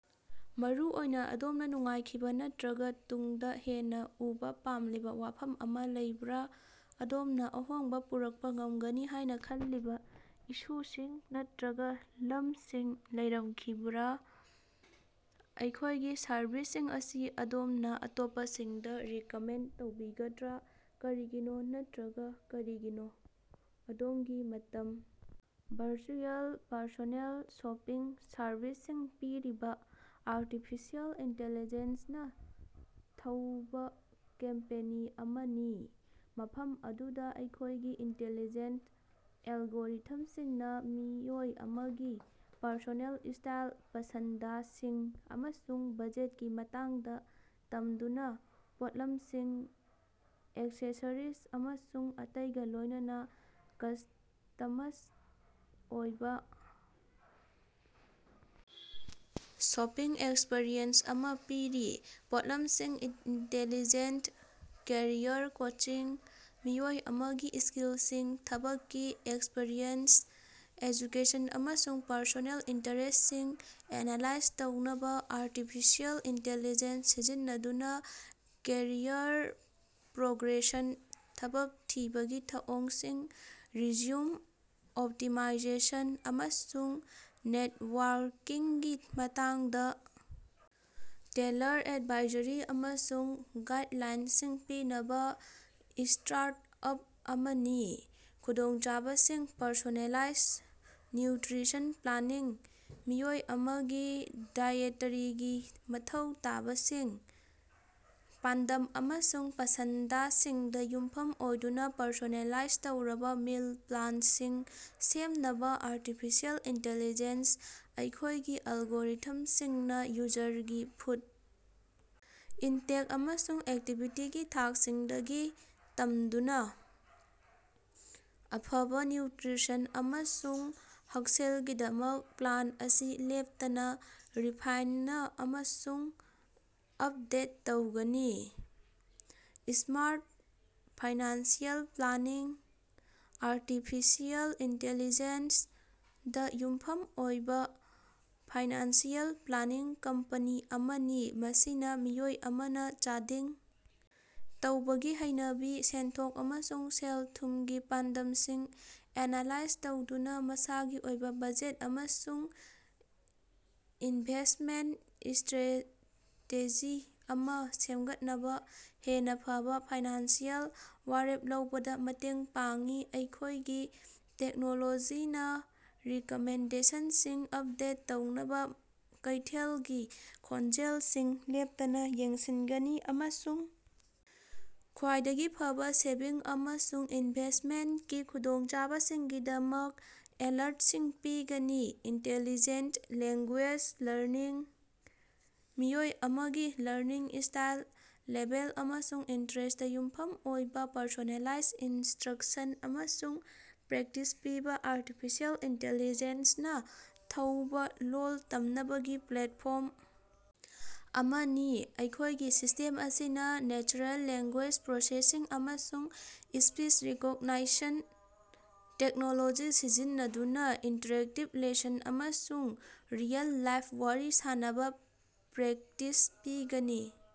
ꯃꯔꯨꯑꯣꯏꯅ ꯑꯗꯣꯝꯅ ꯅꯨꯡꯉꯥꯏꯈꯤꯕ ꯅꯠꯇꯔꯒ ꯇꯨꯡꯗ ꯍꯦꯟꯅ ꯎꯕꯥ ꯄꯥꯝꯂꯤꯕꯥ ꯋꯥꯐꯝ ꯑꯃ‌ ꯂꯩꯕꯔꯥ? ꯑꯗꯣꯝꯅ ꯑꯍꯣꯡꯕ ꯄꯨꯔꯛꯄ ꯉꯝꯒꯅꯤ ꯍꯥꯏꯅ ꯈꯜꯂꯤꯕ‌ ꯏꯁꯨꯁꯤꯡ ꯅꯠꯇꯔꯒ ꯂꯝꯁꯤꯡ ꯂꯩꯔꯝꯈꯤꯕꯔꯥ? ꯑꯩꯈꯣꯏꯒꯤ ꯁꯔꯚꯤꯁꯁꯤꯡ ꯑꯁꯤ ꯑꯗꯣꯝꯅ ꯑꯇꯣꯞꯄꯁꯤꯡꯗ ꯔꯤꯀꯃꯦꯟꯗ ꯇꯧꯕꯤꯒꯗ꯭ꯔꯥ? ꯀꯔꯤꯒꯤꯅꯣ ꯅꯠꯇꯔꯒ ꯀꯔꯤꯒꯤꯅꯣ? ꯑꯗꯣꯝꯒꯤ ꯃꯇꯝ - ꯚꯔꯆꯨꯑꯦꯜ ꯄꯔꯁꯣꯅꯦꯜ ꯁꯣꯄꯤꯡ ꯁꯔꯚꯤꯁꯁꯤꯡ ꯄꯤꯔꯤꯕ ꯑꯥꯔꯇꯤꯐꯤꯁꯤꯑꯦꯜ ꯏꯟꯇꯤꯂꯤꯖꯦꯟꯁ ꯅꯥ ꯊꯧꯕ ꯀꯝꯄꯦꯅꯤ ꯑꯃꯅꯤ, ꯃꯐꯝ ꯑꯗꯨꯗ ꯑꯩꯈꯣꯏꯒꯤ ꯏꯟꯇꯤꯂꯤꯖꯦꯟꯇ ꯑꯦꯜꯒꯣꯔꯤꯊꯝꯁꯤꯡꯅ ꯃꯤꯑꯣꯏ ꯑꯃꯒꯤ ꯄꯔꯁꯣꯅꯦꯜ ꯁ꯭ꯇꯥꯏꯜ, ꯄꯁꯟꯗꯁꯤꯡ, ꯑꯃꯁꯨꯡ ꯕꯖꯦꯠꯀꯤ ꯃꯇꯥꯡꯗ ꯇꯝꯗꯨꯅ ꯄꯣꯠꯂꯝꯁꯤꯡ, ꯑꯦꯛꯁꯦꯁꯥꯔꯤꯖ ꯑꯃꯁꯨꯡ ꯑꯇꯩꯒ ꯂꯣꯏꯅꯅ ꯀꯁ꯭ꯇꯃꯁ ꯑꯣꯏꯕ ꯁꯣꯄꯤꯡ ꯑꯦꯛꯁꯄꯤꯔꯤꯑꯦꯟꯁ ꯑꯃ ꯄꯤꯔꯤ꯫ ꯄꯣꯠꯂꯝꯁꯤꯡ, ꯏꯟꯇꯦꯂꯤꯖꯦꯟꯇ ꯀꯦꯔꯤꯌꯔ ꯀꯣꯆꯤꯡ - ꯃꯤꯑꯣꯏ ꯑꯃꯒꯤ ꯁ꯭ꯀꯤꯜꯁꯤꯡ, ꯊꯕꯛꯀꯤ ꯑꯦꯛꯁꯄꯤꯔꯤꯑꯦꯟꯁ, ꯑꯦꯖꯨꯀꯦꯁꯟ, ꯑꯃꯁꯨꯡ ꯄꯔꯁꯣꯅꯦꯜ ꯏꯟꯇꯔꯦꯁ꯭ꯇꯁꯤꯡ ꯑꯦꯅꯥꯂꯥꯏꯖ ꯇꯧꯅꯕ ꯑꯥꯔꯇꯤꯐꯤꯁꯤꯑꯦꯜ ꯏꯟꯇꯤꯂꯤꯖꯦꯟꯁ ꯁꯤꯖꯤꯟꯅꯗꯨꯅ ꯀꯦꯔꯤꯌꯔ ꯄ꯭ꯔꯣꯒ꯭ꯔꯦꯁꯟ, ꯊꯕꯛ ꯊꯤꯕꯒꯤ ꯊꯧꯑꯣꯡꯁꯤꯡ, ꯔꯤꯖ꯭ꯌꯨꯝ ꯑꯣꯞꯇꯤꯃꯥꯏꯖꯦꯁꯟ, ꯑꯃꯁꯨꯡ ꯅꯦꯠꯋꯥꯔꯀꯤꯡꯒꯤ ꯃꯇꯥꯡꯗ ꯇꯦꯜꯂꯔ ꯑꯦꯗꯚꯥꯏꯖꯔꯤ ꯑꯃꯁꯨꯡ ꯒꯥꯏꯗꯂꯥꯏꯟꯁꯤꯡ ꯄꯤꯅꯕ ꯁ꯭ꯇꯥꯔꯠ-ꯑꯞ ꯑꯃꯅꯤ꯫ ꯈꯨꯗꯣꯡꯆꯥꯕꯁꯤꯡ, ꯄꯔꯁꯣꯅꯥꯂꯥꯏꯖ ꯅ꯭ꯌꯨꯇꯔꯤꯁꯟ ꯄ꯭ꯂꯥꯅꯤꯡ - ꯃꯤꯑꯣꯏ ꯑꯃꯒꯤ ꯗꯥꯏꯑꯦꯇꯔꯤꯒꯤ ꯃꯊꯧ ꯇꯥꯕꯁꯤꯡ, ꯄꯥꯟꯗꯝ ꯑꯃꯁꯨꯡ ꯄꯁꯟꯗꯁꯤꯡꯗ ꯌꯨꯝꯐꯝ ꯑꯣꯏꯗꯨꯅ ꯄꯔꯁꯣꯅꯦꯂꯥꯏꯖ ꯇꯧꯔꯕ ꯃꯤꯜ ꯄ꯭ꯂꯥꯟꯁꯤꯡ ꯁꯦꯝꯅꯕꯥ ꯑꯥꯔꯇꯤꯐꯤꯁꯤꯑꯦꯜ ꯏꯟꯇꯤꯂꯤꯖꯦꯟꯁ ꯑꯩꯈꯣꯏꯒꯤ ꯑꯦꯜꯒꯣꯔꯤꯊꯝꯁꯤꯡꯅ ꯌꯨꯖꯔꯒꯤ ꯐꯨꯗ ꯏꯟꯇꯦꯛ ꯑꯃꯁꯨꯡ ꯑꯦꯛꯇꯤꯚꯤꯇꯤꯒꯤ ꯊꯥꯛꯁꯤꯡꯗꯒꯤ ꯇꯝꯗꯨꯅꯥ ꯑꯐꯕ ꯅ꯭ꯌꯨꯇ꯭ꯔꯤꯁꯟ ꯑꯃꯁꯨꯡ ꯍꯛꯁꯦꯜꯒꯤꯗꯃꯛ ꯄ꯭ꯂꯥꯟ ꯑꯁꯤ ꯂꯦꯞꯇꯥꯅ ꯔꯤꯐꯥꯏꯟꯅꯥ ꯑꯃꯁꯨꯡ ꯑꯞꯗꯦꯠ ꯇꯧꯒꯅꯤ꯫ Smart financial planning - artificial intelligence ꯗꯥ ꯌꯨꯝꯐꯝ ꯑꯣꯏꯕ ꯐꯥꯏꯅꯥꯟꯁꯤꯑꯦꯜ ꯄ꯭ꯂꯥꯅꯤꯡ ꯀꯝꯄꯥꯅꯤ ꯑꯃꯅꯤ, ꯃꯁꯤꯅ ꯃꯤꯑꯣꯏ ꯑꯃꯅ ꯆꯥꯗꯤꯡ ꯇꯧꯕꯒꯤ ꯍꯩꯅꯕꯤ, ꯁꯦꯟꯊꯣꯛ, ꯑꯃꯁꯨꯡ ꯁꯦꯜ-ꯊꯨꯝꯒꯤ ꯄꯥꯟꯗꯝꯁꯤꯡ ꯑꯦꯅꯥꯂꯥꯏꯖ ꯇꯧꯗꯨꯅ ꯃꯁꯥꯒꯤ ꯑꯣꯏꯕ ꯕꯖꯦꯠ ꯑꯃꯁꯨꯡ ꯏꯟꯚꯦꯁ꯭ꯇꯃꯦꯟꯇ ꯁ꯭ꯇꯔꯦꯇꯦꯖꯤ ꯑꯃ ꯁꯦꯝꯒꯠꯅꯕ ꯍꯦꯟꯅ ꯐꯕꯥ ꯐꯥꯏꯅꯥꯟꯁꯤꯑꯦꯜ ꯋꯥꯔꯦꯞ ꯂꯧꯕꯗ ꯃꯇꯦꯡ ꯄꯥꯡꯏ꯫ ꯑꯩꯈꯣꯏꯒꯤ ꯇꯦꯛꯅꯣꯂꯣꯖꯤꯅ ꯔꯤꯀꯃꯦꯟꯗꯦꯁꯟꯁꯤꯡ ꯑꯞꯗꯦꯠ ꯇꯧꯅꯕ ꯀꯩꯊꯦꯜꯒꯤ ꯈꯣꯟꯖꯦꯜꯁꯤꯡ ꯂꯦꯞꯇꯅꯥ ꯌꯦꯡꯁꯤꯟꯒꯅꯤ ꯑꯃꯁꯨꯡ ꯈ꯭ꯋꯥꯏꯗꯒꯤ ꯐꯕꯥ ꯁꯦꯚꯤꯡ ꯑꯃꯁꯨꯡ ꯏꯟꯚꯦꯁ꯭ꯇꯃꯦꯟꯇꯀꯤ ꯈꯨꯗꯣꯡꯆꯥꯕꯁꯤꯡꯒꯤꯗꯃꯛ ꯑꯦꯂ꯭ꯔꯠꯁꯤꯡ ꯄꯤꯒꯅꯤ꯫ ꯏꯟꯇꯦꯂꯤꯖꯦꯟꯇ ꯂꯦꯡꯒꯨꯌꯦꯖ ꯂꯔꯅꯤꯡ - ꯃꯤꯑꯣꯏ ꯑꯃꯒꯤ ꯂꯔꯅꯤꯡ ꯁ꯭ꯇꯥꯏꯜ, ꯂꯦꯚꯦꯜ ꯑꯃꯁꯨꯡ ꯏꯟꯇꯔꯦꯁ꯭ꯇꯇꯥ ꯌꯨꯝꯐꯝ ꯑꯣꯏꯕ ꯄꯔꯁꯣꯅꯦꯂꯥꯏꯖ ꯏꯟꯁꯇ꯭ꯔꯛꯁꯟ ꯑꯃꯁꯨꯡ ꯄ꯭ꯔꯦꯛꯇꯤꯁ ꯄꯤꯕ ꯑꯥꯔꯇꯤꯐꯤꯁꯤꯑꯦꯜ ꯏꯟꯇꯤꯂꯤꯖꯦꯟꯁ ꯅꯥ ꯊꯧꯕ ꯂꯣꯜ ꯇꯝꯅꯕꯒꯤ ꯄ꯭ꯂꯦꯠꯐꯣꯝ ꯑꯃꯅꯤ꯫ ꯑꯩꯈꯣꯏꯒꯤ ꯁꯤꯁꯇꯦꯝ ꯑꯁꯤꯅ ꯅꯦꯆꯔꯦꯜ ꯂꯦꯡꯒꯨꯌꯦꯖ ꯄ꯭ꯔꯣꯁꯦꯁꯤꯡ ꯑꯃꯁꯨꯡ ꯁ꯭ꯄꯤꯆ ꯔꯤꯀꯣꯒꯅꯥꯢꯁꯟ ꯇꯦꯛꯅꯣꯂꯣꯖꯤ ꯁꯤꯖꯤꯟꯅꯗꯨꯅ ꯏꯟꯇꯔꯦꯛꯇꯤꯕ ꯂꯦꯁꯟ ꯑꯃꯁꯨꯡ ꯔꯤꯑꯦꯜ-ꯂꯥꯏꯐ ꯋꯥꯔꯤ ꯁꯥꯅꯕꯥ ꯄ꯭ꯔꯦꯛꯇꯤꯁ ꯄꯤꯒꯅꯤ꯫